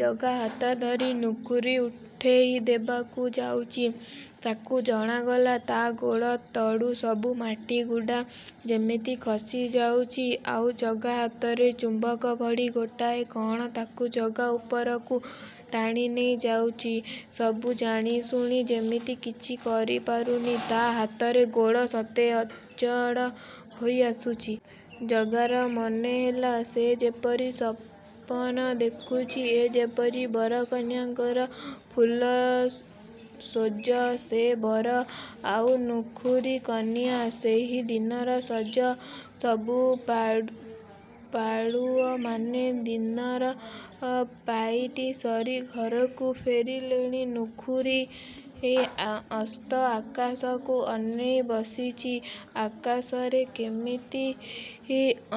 ଜଗା ହାତ ଧରି ନୁଖୁରୀ ଉଠେଇ ଦେବାକୁ ଯାଉଚି, ତାକୁ ଜଣାଗଲା, ତା' ଗୋଡ଼ ତଳୁ ସବୁ ମାଟି ଗୁଡ଼ା ଯେମିତି ଖସି ଯାଉଚି–ଆଉ ଜଗା ହାତରେ ଚୁମ୍ବକ ଭଳି ଗୋଟାଏ କଣ ତାକୁ ଜଗା ଉପରକୁ ଟାଣି ନେଇ ଯାଉଚି। ସବୁ ଜାଣିଶୁଣି ଯେମିତି କିଛି କରିପାରୁନି–ତା' ହାତଗୋଡ଼ ସତେ ଅଚଳ ହୋଇଆସୁଚି। ଜଗାର ମନେ ହେଲା, ସେ ଯେପରି ସପନ ଦେଖୁଚି ଏ ଯେମିତି ବରକନ୍ୟାଙ୍କର ଫୁଲଶେଯ, ସେ ବର, ଆଉ ନୁଖୁରୀ କନିଆ। ସେହି ଦିନର ସଞ୍ଜ। ସବୁ ପାଳୁଆମାନେ ଦିନର ପାଇଟି ସାରି ଘରକୁ ଫେରିଲେଣି, ନୁଖୁରୀ ଅସ୍ତ ଆକାଶକୁ ଅନେଇ ବସିଚି। ଆକାଶର କେମିତି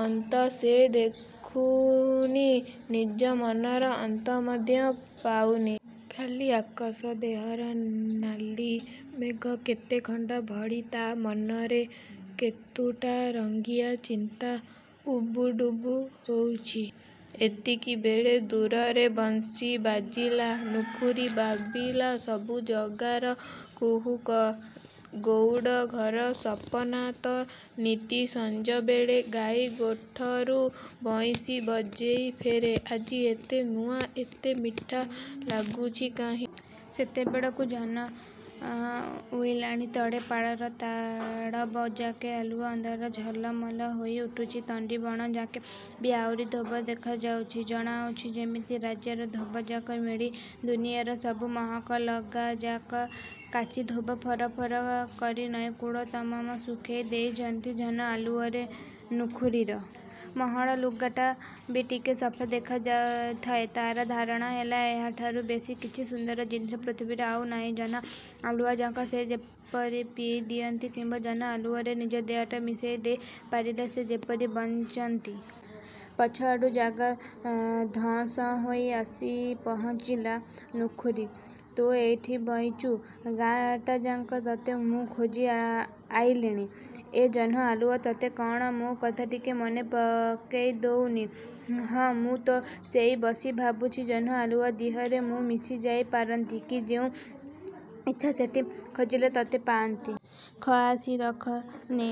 ଅନ୍ତ ସେ ଦେଖୁନି, ନିଜ ମନର ଅନ୍ତ ମଧ୍ୟ ପାଉନି। ଖାଲି ଆକାଶ ଦେହର ନାଲି ମେଘ କେତେଖଣ୍ଡ ଭଳି ତା' ମନରେ କେତୁଟା ରଙ୍ଗିଆ ଚିନ୍ତା ଉବୁଡ଼ୁବୁ ହେଉଚି। ଏତିକିବେଳେ ଦୂରରେ ବଂଶୀ ବାଜିଲା। ନୁଖୁରୀ ଭାବିଲା ସବୁ ଜଗାର କୁହୁକ। ଗଉଡ଼ଘର ସପନା ତ ନିତି ସଞ୍ଜବେଳେ ଗାଈଗୋଠରୁ ବଇଁଶୀ ବଜେଇ ଫେରେ-! ଆଜି ଏତେ ନୂଆ, ଏତେ ମିଠା ଲାଗୁଚି କାହିଁକି! ସେତେବେଳକୁ ଜହ୍ନ ଉଇଁଲାଣି। ତଳ ପାଳର ତାଳବଣଯାକ ଆଲୁଅ ଅନ୍ଧାରରେ ଝଲମଲ ହୋଇଉଠିଚି। ତଣ୍ଡି ବଣଯାକ ବି ଆହୁରି ଧୋବ ଦେଖାଯାଉଚି,–ଜଣାଯାଉଚି, ଯେମିତି ରାଜ୍ୟର ଧୋବାଯାକ ମିଳି ଦୁନିଆର ସବୁ ମହଳ ଲୁଗାଯାକ କାଚି ଧୋବ ଫରଫର କରି ନଈକୂଳ ତମାମ୍ ଶୁଖେଇ ଦେଇଚନ୍ତି। ଜହ୍ନ ଆଲୁଅରେ ନୁଖୁରୀର। ମହଳ ଲୁଗାଟା ବି ଟିକେ ସଫା ଦେଖାଯାଉଥାଏ। ତାର ଧାରଣା ହେଲା, ଏହାଠାରୁ ବେଶି କିଛି ସୁନ୍ଦର ଜିନିଷ ପୃଥିବୀରେ ଆଉ ନାହିଁ। –ଜହ୍ନ ଆଲୁଅଯାକ ସେ ଯେପରି ପିଇ ଦିଅନ୍ତା କିମ୍ଵା ଜହ୍ନ ଆଲୁଅରେ ନିଜର ଦେହଟା ମିଶେଇ ଦେଇ ପାରିଲେ ସେ ଯେପରି ବଞ୍ଚନ୍ତା। ପଛଆଡ଼ୁ ଜଗା ଧଁ–ସଅଁ ହୋଇ ଆସି ପହଞ୍ଚିଲା। –ନୁଖୁରୀ, ତୁ ଏଇଠି ବଇଚୁ, ଗାଁଟାଯାକ ତତେ ମୁଁ ଖୋଜି ଆଇଲିଣି। ଏ ଜହ୍ନ ଆଲୁଅ ତତେ କଣ ମୋ କଥା ଟିକେ ମନେ ପକେଇ ଦଉନି? –ହଁ, ମୁଁ ତ ସେଇଆ ବସି ଭାବୁଚି। ଜହ୍ନ ଆଲୁଅ ଦିହରେ ମୁଁ ମିଶିଯାଇ ପାରନ୍ତି କି ଯେଉଠି ଇଚ୍ଛା ସେଠି ଖୋଜିଲେ ତତେ ପାଆନ୍ତି। –ଖିଆସି ରଖ। ନେ,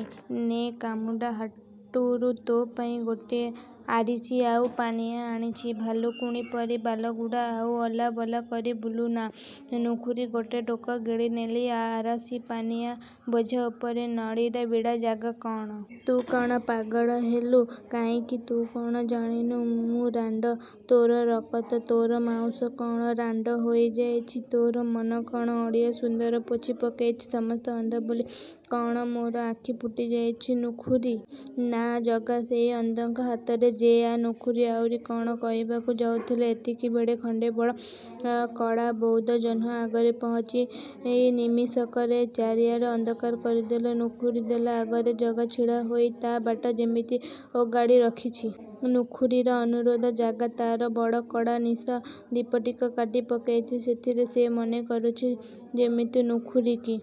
ନେ–କୁମୁଡ଼ା ହାଟରୁ ତୋ ପେଇଁ ଗୋଟାଏ ଆରିସି ଆଉ ପାନିଆ ଆଣିଚି। ଭାଲୁକୁଣୀ ପରି ବାଳଗୁଡ଼ା ଆଉ ଅଲା ବଲା କରି ବୁଲୁ ନା। ନୁଖୁରୀ ଗୋଟା ଢୋକ ଗିଳି ନେଲା। ଆରିସି–ପାନିଆଁ! –ବୋଝ ଉପରେ ନଳିତା ବିଡ଼ା। –ଜଗା? –କଣ? –ତୁ କଣ ପାଗଳ ହେଲୁ? –କାହିଁକି? –ତୁ କଣ ଜାଣିନୁ ମୁଁ ରାଣ୍ଡ? –ତୋର ରକତ, ତୋର ମାଉଁସ କଣ ରାଣ୍ଡ ହୋଇ ଯାଇଚି? ତୋର ମନ କଣ ଅଳିତା ସୁନ୍ଦର ପୋଛି ପକେଇଛି? ସମସ୍ତେ ଅନ୍ଧ ବୋଲି କଣ ମୋର ଆଖି ଫୁଟିଯାଇଚି ନୁଖୁରୀ? –ନା ଜଗା, ସେଇ ଅନ୍ଧଙ୍କ ହାତରେ ଯେ ଆ– ନୁଖୁରୀ ଆହୁରି କଣ କହିବାକୁ ଯାଉଥିଲା, ଏତିକିବେଳେ ଖଣ୍ଡେ ବଡ଼ କଳା ବଉଦ ଜହ୍ନ ଆଗରେ ପହୁଞ୍ଚି ନିମିଷକରେ ଚାରିଆଡ଼ ଅନ୍ଧକାର କରିଦେଲା। ନୁଖୁରୀ ଦେଖିଲା, ଆଗରେ ଜଗା ଛିଡ଼ା ହେଇ ତା ବାଟ ଯେମିତି ଓଗାଳି ରଖିଛି। ନୁଖୁରୀର ଅନୁରୋଧରେ ଜଗା ତାର ବଡ଼ କଳା ନିଶ ଦିପଟକ କାଟି ପକେଇଚି। ସେଥିରେ ସେ ମନେ କରୁଚି ଯେମିତି ନୁଖୁରୀକି